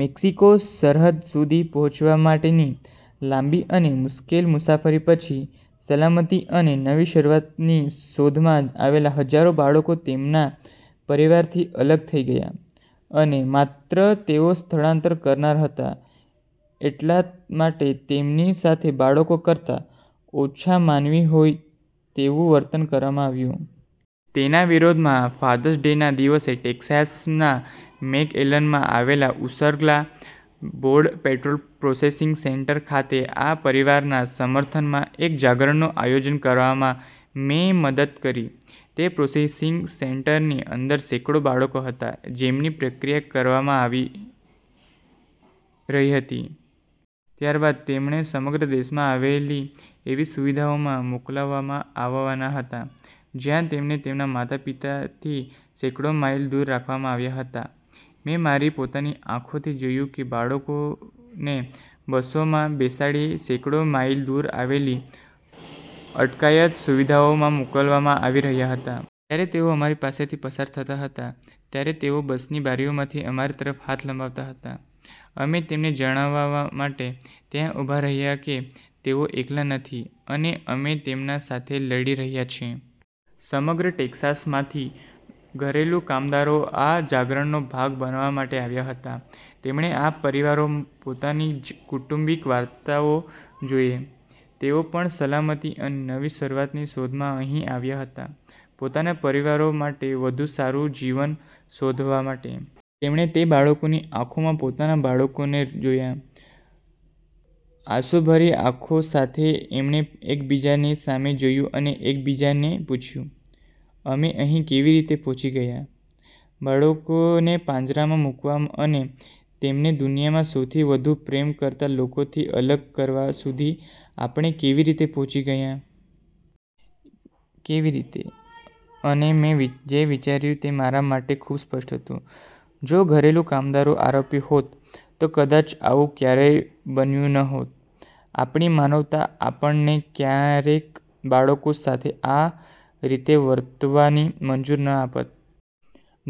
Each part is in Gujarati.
મેક્સિકો સરહદ સુધી પહોંચવા માટેની લાંબી અને મુશ્કેલ મુસાફરી પછી, સલામતી અને નવી શરૂઆતની શોધમાં આવેલા હજારો બાળકો તેમના પરિવારોથી અલગ થઈ ગયા. અને માત્ર તેઓ સ્થળાંતર કરનારા હતા એટલા માટે તેમની સાથે બાળકો કરતાં ઓછા માનવી હોય તેવું વર્તન કરવામાં આવ્યું. તેના વિરોધમાં, ફાધર્સ ડેના દિવસે ટેક્સાસના મેકએલેનમાં આવેલા Ursula border patrol processing centre ખાતે આ પરિવારોના સમર્થનમાં એક જાગરણનું આયોજન કરવામાં મેં મદદ કરી. તે પ્રોસેસિંગ સેન્ટરની અંદર સેંકડો બાળકો હતા, જેમની પ્રક્રિયા કરવામાં આવી રહી હતી. ત્યારબાદ તેમને સમગ્ર દેશમાં આવેલી એવી સુવિધાઓમાં મોકલવામાં આવવાના હતા, જ્યાં તેમને તેમના માતા-પિતાથી સેંકડો માઇલ દૂર રાખવામાં આવતા હતા. મેં મારી પોતાની આંખોથી જોયું કે બાળકોને બસોમાં બેસાડીને સેંકડો માઇલ દૂર આવેલી અટકાયત સુવિધાઓમાં મોકલવામાં આવી રહ્યા હતા. જ્યારે તેઓ અમારી પાસેથી પસાર થતા હતા, ત્યારે તેઓ બસની બારીઓમાંથી અમારી તરફ હાથ લંબાવતા હતા. અમે તેમને એ જણાવવા માટે ત્યાં ઊભા રહ્યા કે તેઓ એકલા નથી અને અમે તેમના સાથે લડી રહ્યા છીએ. સમગ્ર ટેક્સાસમાંથી ઘરેલું કામદારો આ જાગરણનો ભાગ બનવા માટે આવ્યા હતા. તેમણે આ પરિવારો પોતાની જ કૌટુંબિક વાર્તાઓ જોઈ. તેઓ પણ સલામતી અને નવી શરૂઆતની શોધમાં અહીં આવ્યા હતા, પોતાના પરિવારો માટે વધુ સારું જીવન શોધવા માટે. તેમણે તે બાળકોની આંખોમાં પોતાના બાળકોને જોયા. આંસુભરી આંખો સાથે એમને એકબીજા ની સામે જોયું અને એકબીજાને પૂછ્યું, અમે અહીં કેવી રીતે પહોંચી ગયા? બાળકોને પાંજરામાં મૂકવા અને તેમને દુનિયામાં સૌથી વધુ પ્રેમ કરતા લોકોથી અલગ કરવા સુધી આપણે કેવી રીતે પહોંચી ગયા? કેવી રીતે? અને મેં જે વિચાર્યું તે મારા માટે ખૂબ સ્પષ્ટ હતું: જો ઘરેલું કામદારો આરોપી હોત, તો કદાચ આવું ક્યારેય બન્યું ન હોત. આપણી માનવતા આપણને ક્યારેક બાળકો સાથે આ રીતે વર્તવાની મંજૂર ન આપત.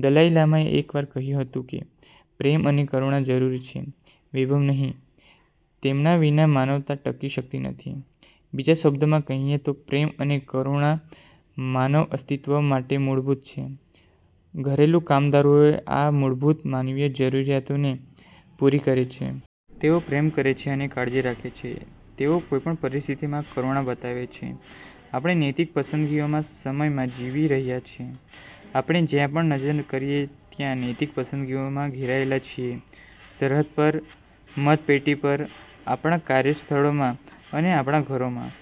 દલાઈ લામાએ એકવાર કહ્યું હતું કે પ્રેમ અને કરુણા જરૂરી છે, વૈભવ નહીં. તેમના વિના માનવતા ટકી શકતી નથી. બીજા શબ્દોમાં કહીએ તો, પ્રેમ અને કરુણા માનવ અસ્તિત્વ માટે મૂળભૂત છે. ઘરેલું કામદારો એ આ મૂળભૂત માનવીય જરૂરિયાતોને પૂરી કરે છે. તેઓ પ્રેમ કરે છે અને કાળજી રાખે છે. તેઓ કોઈપણ પરિસ્થિતિમાં કરુણા બતાવે છે. આપણે નૈતિક પસંદગીઓના સમયમાં જીવી રહ્યા છીએ. આપણે જ્યાં પણ નજર કરીએ ત્યાં નૈતિક પસંદગીઓથી ઘેરાયેલા છીએ—સરહદ પર, મતપેટી પર, આપણા કાર્યસ્થળોમાં અને આપણા ઘરોમાં.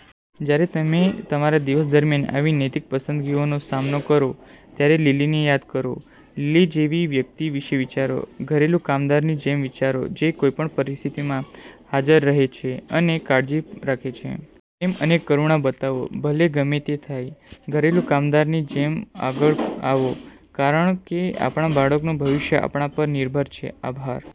જ્યારે તમે તમારા દિવસ દરમિયાન આવી નૈતિક પસંદગીઓનો સામનો કરો, ત્યારે લિલીને યાદ કરો. લિલી જેવી વ્યક્તિ વિશે વિચારો. ઘરેલું કામદારની જેમ વિચારો, જે કોઈપણ પરિસ્થિતિમાં હાજર રહે છે અને કાળજી રાખે છે. પ્રેમ અને કરુણા બતાવો, ભલે ગમે તે થાય. ઘરેલું કામદારની જેમ આગળ આવો, કારણ કે આપણા બાળકોનું ભવિષ્ય આપણા પર નિર્ભર છે. આભાર.